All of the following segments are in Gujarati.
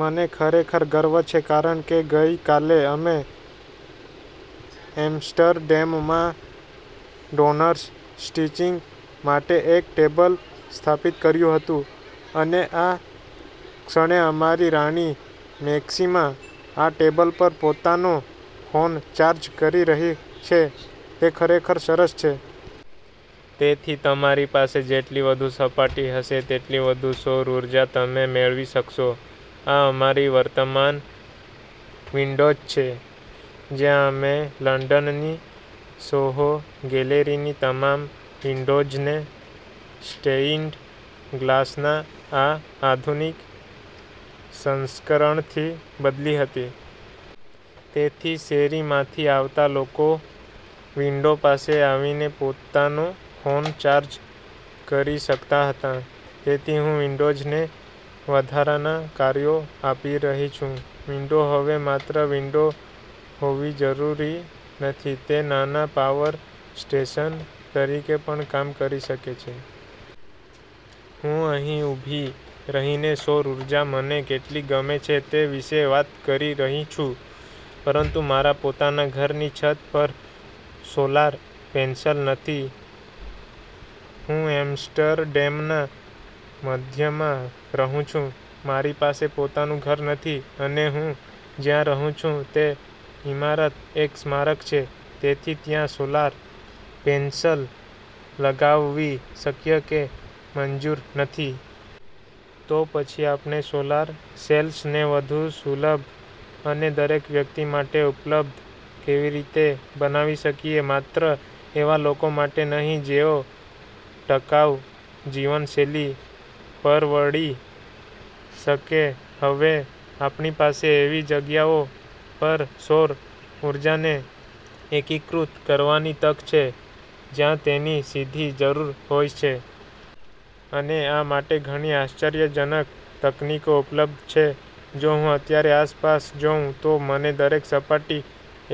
મને ખરેખર ગર્વ છે, કારણ કે ગઈકાલે અમે એમ્સ્ટરડેમમાં ડોનર્સ સ્ટિચિંગ માટે એક ટેબલ સ્થાપિત કર્યું હતું અને આ ક્ષણે અમારી રાણી મેક્સિમા આ ટેબલ પર પોતાનો ફોન ચાર્જ કરી રહી છે. તે ખરેખર સરસ છે. તેથી, તમારી પાસે જેટલી વધુ સપાટી હશે, તેટલી વધુ સૌર ઊર્જા તમે મેળવી શકશો. આ અમારી વર્તમાન વિંડોઝ છે, જ્યાં અમે લંડનની સોહો ગેલેરીની તમામ વિંડોઝને સ્ટેઇન્ડ ગ્લાસના આ આધુનિક સંસ્કરણથી બદલી હતી. તેથી શેરીમાંથી આવતા લોકો વિંડો પાસે આવીને પોતાનો ફોન ચાર્જ કરી શકતા હતા. તેથી હું વિંડોઝને વધારાનાં કાર્યો આપી રહી છું. વિંડો હવે માત્ર વિંડો હોવી જરૂરી નથી. તે નાના પાવર સ્ટેશન તરીકે પણ કામ કરી શકે છે. હું અહીં ઊભી રહીને સૌર ઊર્જા મને કેટલી ગમે છે તે વિશે વાત કરી રહી છું, પરંતુ મારા પોતાના ઘરની છત પર સોલાર પેનલ્સ નથી. હું એમ્સ્ટરડેમના મધ્યમાં રહું છું, મારી પાસે પોતાનું ઘર નથી અને હું જ્યાં રહું છું તે ઇમારત એક સ્મારક છે, તેથી ત્યાં સોલાર પેનલ્સ લગાવવી શક્ય કે મંજૂર નથી. તો પછી આપણે સોલાર સેલ્સને વધુ સુલભ અને દરેક વ્યક્તિ માટે ઉપલબ્ધ કેવી રીતે બનાવી શકીએ, માત્ર એવા લોકો માટે નહીં જેઓ ટકાઉ જીવનશૈલી પરવડી શકે? હવે આપણી પાસે એવી જગ્યાઓ પર સૌર ઊર્જાને એકીકૃત કરવાની તક છે, જ્યાં તેની સીધી જરૂર હોય છે. અને આ માટે ઘણી આશ્ચર્યજનક તકનીકો ઉપલબ્ધ છે. જો હું અત્યારે આસપાસ જોઉં, તો મને દરેક સપાટી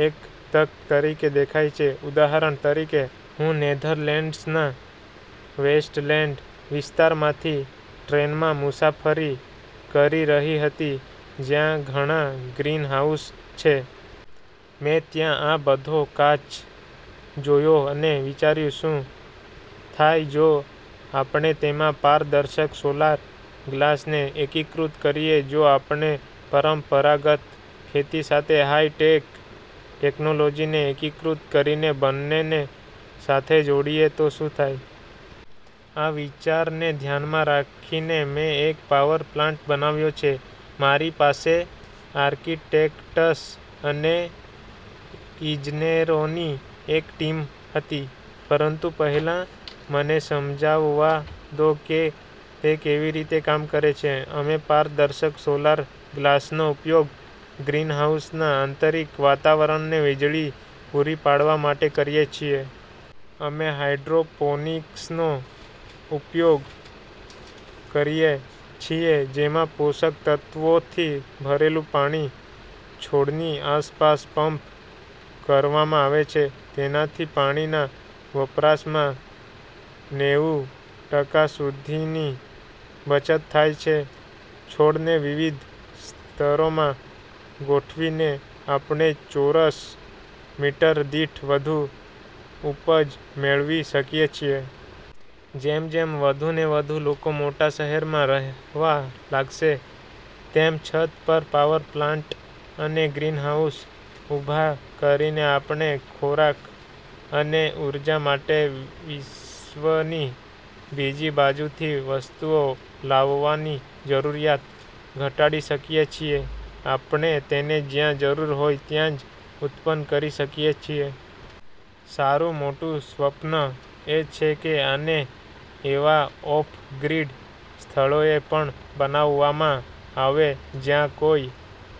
એક તક તરીકે દેખાય છે. ઉદાહરણ તરીકે, હું નેધરલેન્ડ્સના વેસ્ટલેન્ડ વિસ્તારમાંથી ટ્રેનમાં મુસાફરી કરી રહી હતી, જ્યાં ઘણાં ગ્રીનહાઉસ છે. મેં ત્યાં આ બધો કાચ જોયો અને વિચાર્યું: શું થાય જો આપણે તેમાં પારદર્શક સોલાર ગ્લાસને એકીકૃત કરીએ? જો આપણે પરંપરાગત ખેતી સાથે હાઇ-ટેક ટેક્નોલોજીને એકીકૃત કરીને બંનેને સાથે જોડીએ તો શું થાય? આ વિચારને ધ્યાનમાં રાખીને, મેં એક પાવર પ્લાન્ટ બનાવ્યો છે. મારી પાસે આર્કિટેક્ટ્સ અને ઇજનેરોની એક ટીમ હતી. પરંતુ પહેલા મને સમજાવવા દો કે તે કેવી રીતે કામ કરે છે. અમે પારદર્શક સોલાર ગ્લાસનો ઉપયોગ ગ્રીનહાઉસના આંતરિક વાતાવરણને વીજળી પૂરી પાડવા માટે કરીએ છીએ. અમે હાઇડ્રોપોનિક્સનો ઉપયોગ કરીએ છીએ, જેમાં પોષક તત્ત્વોથી ભરેલું પાણી છોડની આસપાસ પંપ કરવામાં આવે છે. તેનાથી પાણીના વપરાશમાં નેવું ટકા સુધીની બચત થાય છે. છોડને વિવિધ સ્તરોમાં ગોઠવીને, આપણે ચોરસ મીટર દીઠ વધુ ઉપજ મેળવી શકીએ છીએ. જેમ જેમ વધુને વધુ લોકો મોટા શહેરોમાં રહેવા લાગશે, તેમ છત પર પાવર પ્લાન્ટ અને ગ્રીનહાઉસ ઊભાં કરીને આપણે ખોરાક અને ઊર્જા માટે વિશ્વની બીજી બાજુથી વસ્તુઓ લાવવાની જરૂરિયાત ઘટાડી શકીએ છીએ. આપણે તેને જ્યાં જરૂર હોય ત્યાં જ ઉત્પન્ન કરી શકીએ છીએ. સારું, મોટું સ્વપ્ન એ છે કે આને એવા ઑફ-ગ્રીડ સ્થળોએ પણ બનાવવામાં આવે, જ્યાં કોઈ...